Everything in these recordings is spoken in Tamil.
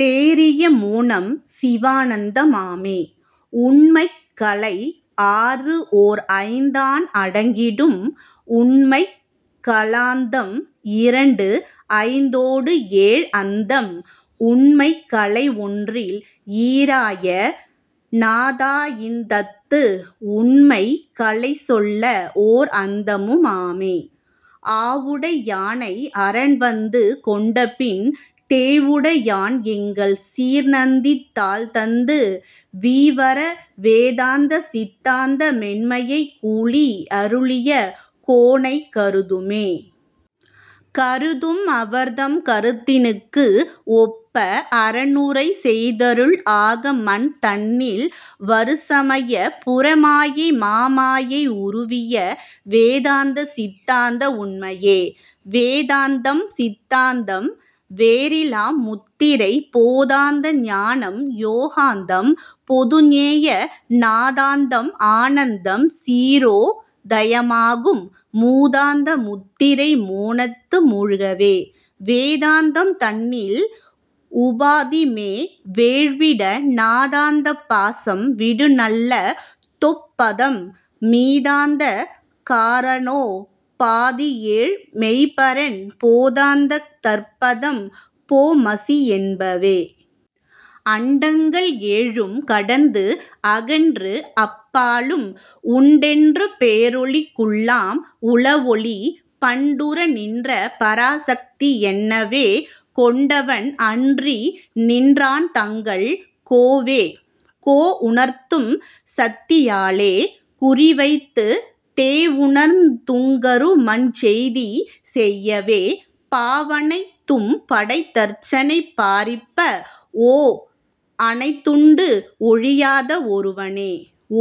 தேறிய மோனம் சிவானந்த மாமே. உண்மைக் கலைஆறுஓர் ஐந்தான் அடங்கிடும் உண்மைக் கலாந்தம் இரண்டுஐந்தோடு ஏழ்அந்தம் உண்மைக் கலைஒன்றில் ஈறாய நாதாந்தத்து உண்மைக் கலைசொல்ல ஓர்அந்தமும் ஆமே. ஆவுடை யானை அரன்வந்து கொண்டபின் தேவுடை யான்எங்கள் சீர்நந்தி தாள்தந்து வீவற வேதாந்த சித்தாந்த மென்மையைக் கூளி யருளிய கோனைக் கருதுமே. கருதும் அவர்தம் கருத்தினுக்கு ஒப்ப அரனுரை செய்தருள் ஆகமந் தன்னில் வருசமயப் புற மாயைமா மாயை உருவிய வேதாந்த சித்தாந்த உண்மையே. வேதாந்தம் சித்தாந்தம் வேறிலா முத்திரை போதாந்த ஞானம் யோகாந்தம் பொதுஞேய நாதாந்தம் ஆனந்தம் சீரோ தயமாகும் மூதாந்த முத்திரை மோனத்து மூழ்கவே. வேதாந்தம் தன்னில் உபாதிமே வேழ்விட நாதாந்த பாசம் விடுநல்ல தொப்பதம் மீதாந்த காரணோ பாதியேழ் மெய்ப்பரன் போதாந்த தற்பதம் போமசி என்பவே. அண்டங்கள் ஏழும் கடந்துஅகன்று அப்பாலும் உண்டென்ற பேரொளிக் குள்ளாம் உளஒளி பண்டுறு நின்ற பராசக்தி என்னவே கொண்டவன் அன்றிநின் றான்தங்கள் கோவே. கோஉணர்ந் தும்சத்தி யாலே குறிவைத்துத் தேவுணர்த் துங்கரு மஞ்செய்தி செய்யவே பாவனைத் தும்படைத் தர்ச்சனை பாரிப்ப ஓஅனைத் துண்டுஒழி யாத ஒருவனே.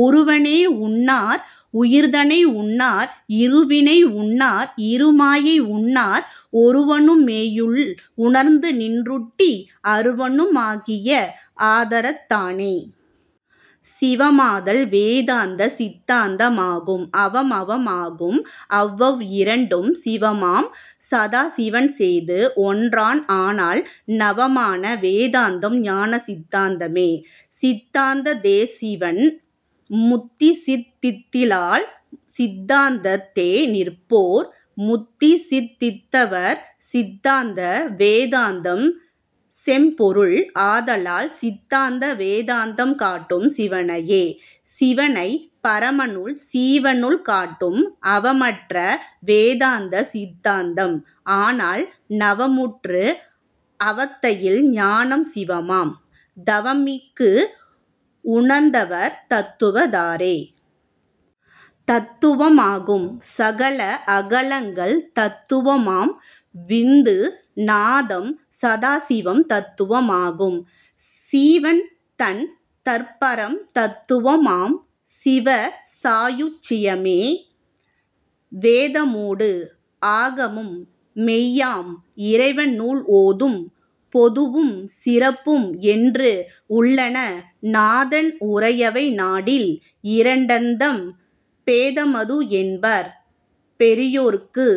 ஒருவனை உன்னார் உயிர்தனை உன்னார் இருவினை உன்னார் இருமாயை உன்னார் ஒருவனு மேயுள் உணர்ந்துநின் றூட்டி அருவனு மாகிய ஆதரத் தானே. சிவமாதல் வேதாந்த சித்தாந்த மாகும் அவம்அவம் ஆகும் அவ்வவ் இரண்டும் சிவமாம் சதாசிவன் செய்துஒன்றான் ஆனால் நவமான வேதாந்தம் ஞானசித் தாந்தமே. சித்தாந்த தேசீவன் முத்திசித் தித்திலால் சித்தாந்தத் தேநிற்போர் முத்திசித் தித்திவர் சித்தாந்த வேதாந்தம் செம்பொருள் ஆதலால் சிந்தாந்த வேதாந்தம் காட்டும் சிவனையே. சிவனைப் பரமனுள் சீவனுள் காட்டும் அவமற்ற வேதாந்த சித்தாந்தம் ஆனால் நவமுற்று அவத்தையில் ஞானம் சிவமாம் தவமிக்கு உணர்ந்தவர் தத்துவத் தாரே. தத்துவம் ஆகும் சகள அகளங்கள் தத்துவ மாம்விந்து நாதம் சதாசிவம் தத்துவ மாகும் சீவன் தன் தற்பரம் தத்துவ மாம்சிவ சாயுச் சியமே. வேதமோடு ஆகமம் மெய்யாம் இறைவன்நூல் ஓதும் பொதுவும் சிறப்பும்என்று உள்ளன நாதன் உரையவை நாடில் இரண்டந்தம் பேதமது என்பர் பெரியோர்க்கு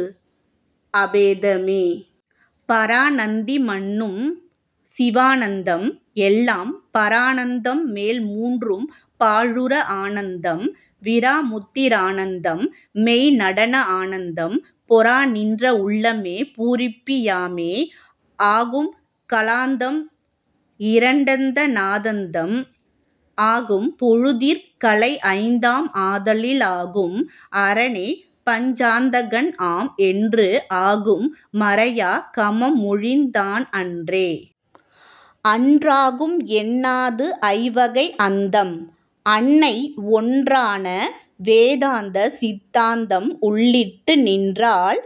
அபேதமே. பராநந்தி மன்னும் சிவானந்தம் எல்லாம் பரானந்தம் மேல்மூன்றும் பாழுறா ஆனந்தம் விராமுத்தி ரானந்தம் மெய்நடன ஆனந்தம் பொராநின்ற உள்ளமே பூரிப்பி யாமே. ஆகுங் கலாந்தம் இரண்டந்த நாதாந்தம் ஆகும் பொழுதிற் கலைஐந்தாம் ஆதலில் ஆகும் அரனேபஞ் சாந்தகன் ஆம் என்ற ஆகும் மறைஆ கமம்மொழிந் தான்அன்றே. அன்றாகும் என்னாதுஐ வகைஅந்தம் அன்னை ஒன்றான வேதாந்த சித்தாந்தம் உள்ளிட்டு நின்றால்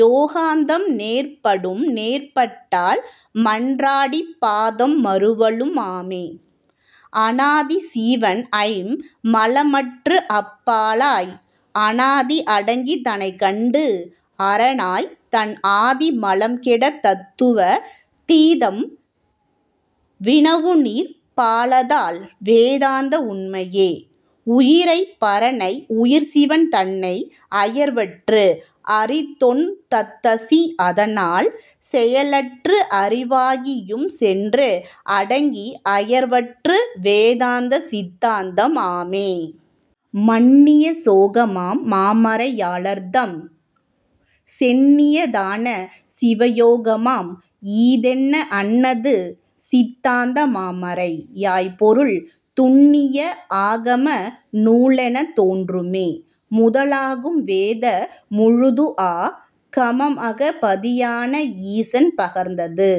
யோகாந்தம் நேர்படும் நேர்பட்டால் மன்றாடி பாதம் மருவலும் ஆமே. அனாதி சீவன்ஐம் மலமற்றுஅப் பாலாய் அனாதி அடங்கித் தனைக்கண்டு அரனாய்த் தன்ஆதி மலம்கெடத் தத்துவா தீதம் வினாவுநீர் பாலாதல் வேதாந்த உண்மையே. உயிரைப் பரனை உயிர்சிவன் தன்னை அயர்வற்று அறிதொந் தத்தசி அதனால் செயலற்று அறிவாகி யும்சென்று அடங்கி அயர்வற்ற வேதாந்த சித்தாந்தம் ஆமே. மன்னிய சோகமாம் மாமறை யாளர்தம் சென்னிய தான சிவயோகமாம் ஈதென்ன அன்னது சித்தாந்த மாமறை யாய்பொருள் துன்னிய ஆகம நூலெனத் தோன்றுமே. முதலாகும் வேத முழுதுஆ கமம்அகப் பதியான ஈசன் பகர்ந்தது